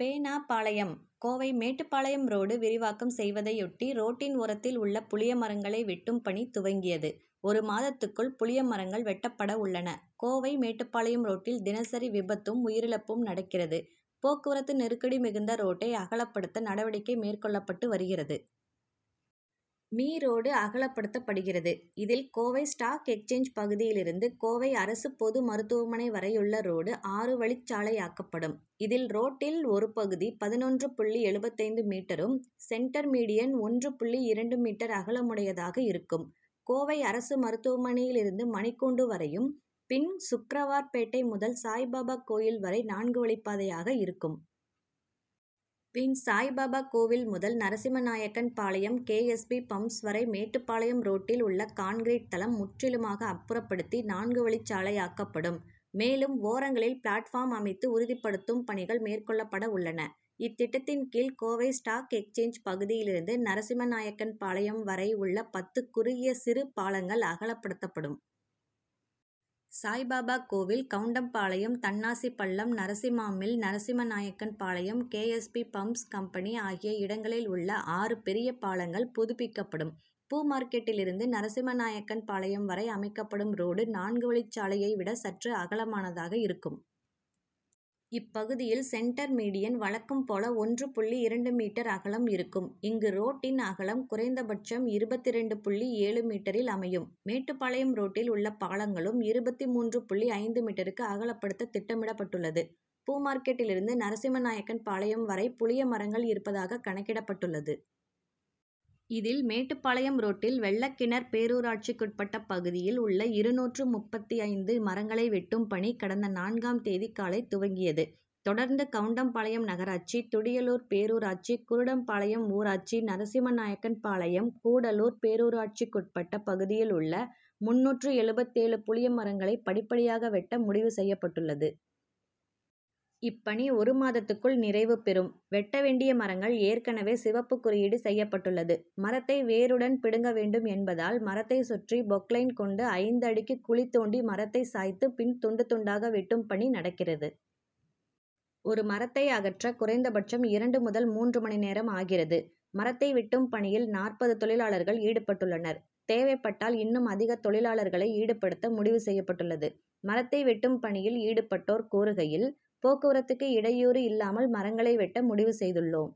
பெ. நா. பாளையம் கோவை மேட்டுப்பாளையம் ரோடு விரிவாக்கம் செய்வதையொட்டி ரோட்டின் ஓரத்தில் உள்ள புளியமரங்களை வெட் டும் பணி துவங்கியது. ஒரு மாதத்துக்குள் புளியமரங் கள் வெட்டப்பட உள்ளன. கோவை-மேட்டுப்பாளைம் ரோட்டில் தினசரி விபத்தும், உயிரிழப்பும் நடக்கிறது. போக் குவரத்து நெருக்கடி மிகுந்த ரோட்டை அகலப்படுத்த நடவடிக்கை மேற்கொள்ளப்பட்டு வருகிறது. மீ., ரோடு அகலப்படுத்தப்படுகிறது. இதில், கோவை ஸ்டாக் எக்ஸ்சேஞ்ச் பகுதியிலிருந்து கோவை அரசு பொது மருத்துவமனை வரையுள்ள ரோடு ஆறு வழிச்சாலையாக்கப்படும். இதில், ரோட்டின் ஒரு பகுதி பதினொன்று புள்ளி எழுபத்தைந்து மீட்டரும், சென்டர் மீடியன் ஒன்று புள்ளி இரண்டு மீட்டர் அகலமுடையதாக இருக்கும். கோவை அரசு மருத்துவமனையில் இருந்து மணிக்கூண்டு வரையும், பின், சுக்ரவார் பேட்டை முதல் சாயிபாபா கோவில் வரை நான்கு வழிப்பாதையாக இருக்கும். பின், சாயிபாபா கோவில் முதல் Narasimhanaickenpalayam K. S. P., pumps வரை மேட்டுப்பாளையம் ரோட்டில் உள்ள கான்கிரீட் தளம் முற்றிலுமாக அப்புறப்படுத்தி, நான்குவழிச் சாலையாக்கப்படும். மேலும், ஓரங்களில் பிளாட்பார்ம் அமைத்து உறுதிப்படுத்தும் பணிகள் மேற்கொள்ளப்பட உள்ளன. இத்திட்டத்தின் கீழ் கோவை ஸ்டாக் எக்ஸ்சேஞ்ச் பகுதியிலிருந்து நரசிம்மநாயக்கன்பாளையம் வரை உள்ள பத்து குறுகிய சிறுபாலங்கள், அகலப்படுத்தப்படும். சாய்பாபா கோவில், கவுண் டம்பாளையம், தன்னாசி பள் ளம், Narasimha mill, Narasimhanaickenpalayam, K. S. P. Pumps company ஆகிய இடங்களில் உள்ள ஆறு பெரிய பாலங்கள் புதுப்பிக்கப்படும். பூ மார்கெட்டிலிருந்து நரசிம்மநாயக்கன்பாளையம் வரை அமைக்கப்படும் ரோடு, நான்கு வழிச்சாலையை விட சற்று அகலமானதாக இருக்கும். இப்பகுதியில் சென்டர் மீடியன் வழக்கம் போல ஒன்று புள்ளி இரண்டு மீட்டர் அகலம் இருக்கும். இங்கு ரோட்டின் அகலம் குறைந்த பட்சம் இருபத்திரண்டு புள்ளி ஏழு மீட்டரில் அமையும். மேட்டுப்பாளையம் ரோட்டில் உள்ள பாலங்களும் இருபத்து மூன்று புள்ளி ஐந்து மீட்டருக்கு அகலப்படுத்த திட்டமிடப்பட்டுள்ளது. பூமார்கெட்டிலிருந்து நரசிம்மநாயக்கன்பாளையம் வரை புளிய மரங்கள் இருப்பதாக கணக்கிடப்பட்டுள்ளது. இதில், மேட்டுப்பாளையம் ரோட்டில் வெள்ளக்கிணர் பேரூராட்சிக்குட்பட்ட பகுதியில் உள்ள இருநூற்று முப்பத்தைந்து மரங்களை வெட்டும் பணி கடந்த நான்காம் தேதி காலை துவங்கியது. தொடர்ந்து கவுண்டம்பாளையம் நகராட்சி, துடியலூர் பேரூராட்சி, குருடம்பாளையம் ஊராட்சி, நரசிம்மநாயக்கன்பாளையம், கூடலூர் பேரூராட்சிக்குட்பட்ட பகுதியில் உள்ள முந்நூற்று எழுபத்தேழு புளியமரங்களை படிப்படியாக வெட்ட முடிவு செய்யப் பட்டுள்ளது. இப்பணி ஒரு மாதத்துக்குள் நிறைவு பெறும். வெட்ட வேண்டிய மரங்கள் ஏற்கனவே சிவப்பு குறியீடு செய்யப்பட் டுள்ளது. மரத்தை வேருடன் பிடுங்க வேண்டும் என்பதால், மரத்தை சுற்றி பொக்லைன் கொண்டு ஐந்து அடிக்கு குழி தோண்டி மரத்தை சாய்த்து பின் துண்டு, துண்டாக வெட்டும் பணி நடக்கிறது. ஒரு மரத்தை அகற்ற குறைந்த பட்சம் இரண்டு முதல் மூன்று மணி நேரம் ஆகிறது. மரத்தை வெட்டும் பணியில் நாற்பது தொழிலாளர்கள் ஈடுபட்டுள்ளனர். தேவைப்பட்டால் இன்னும் அதிக தொழிலாளர்களை ஈடுபடுத்த முடிவு செய்யப்பட் டுள்ளது. மரத்தை வெட்டும் பணியில் ஈடுபட்டோர் கூறுகையில், போக்குவரத்துக்கு இடை யூறு இல்லாமல் மரங்களை வெட்ட முடிவு செய்துள் ளோம்.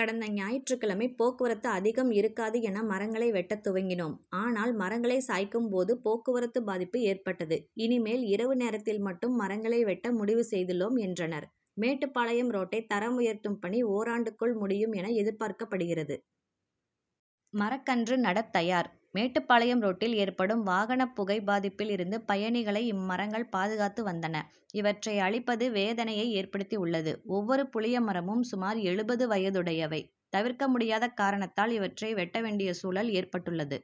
கடந்த ஞாயிற்றுக்கிழமை போக்குவரத்து அதிகம் இருக் காது என மரங்களை வெட்டத் துவங்கினோம். ஆனால், மரங்களை சாய்க்கும் போது போக்குவரத்து பாதிப்பு ஏற்பட்டது. இனிமேல் இரவு நேரத்தில் மட்டும் மரங்களை வெட்ட முடிவு செய்துள்ளோம் என்றனர். மேட்டுப்பாளையம் ரோட்டை தரம் உயர்த்தும் பணி ஓராண்டுக்குள் முடியும் என எதிர்பார்க்கப்படுகிறது. மரக்கன்று நடத் தயார் மேட்டுப்பாளையம் ரோட்டில் ஏற்படும் வாகன புகை பாதிப்பில் இருந்து பயணிகளை இம்மரங்கள் பாதுகாத்து வந்தன. இவற்றை அழிப்பது வேதனையை ஏற்படுத்தி உள் ளது. ஒவ்வொரு புளியமரமும் சுமார் எழுபது வயதுடையவை. தவிர்க்க முடியாத காரணத்தால் இவற்றை வெட்ட வேண்டிய சூழல் ஏற்பட் டுள்ளது.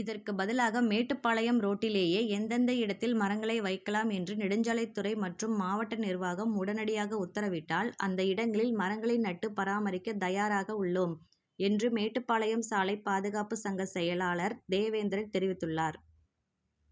இதற்கு பதிலாக மேட்டுப்பாளையம் ரோட் டிலேயே எந்தெந்த இடத்தில் மரங்களை வைக்கலாம் என்று நெடுஞ்சாலைத்துறை மற்றும் மாவட்ட நிர்வாகம் உடனடியாக உத்தரவிட்டால், அந்த இடங்களில் மரங்களை நட்டு பராமரிக்க தயாராக உள்ளோம் என்று மேட்டுப்பாளையம் சாலை பாதுகாப்பு சங்க செயலாளர் தேவேந்திரன் தெரிவித்துள்ளார்.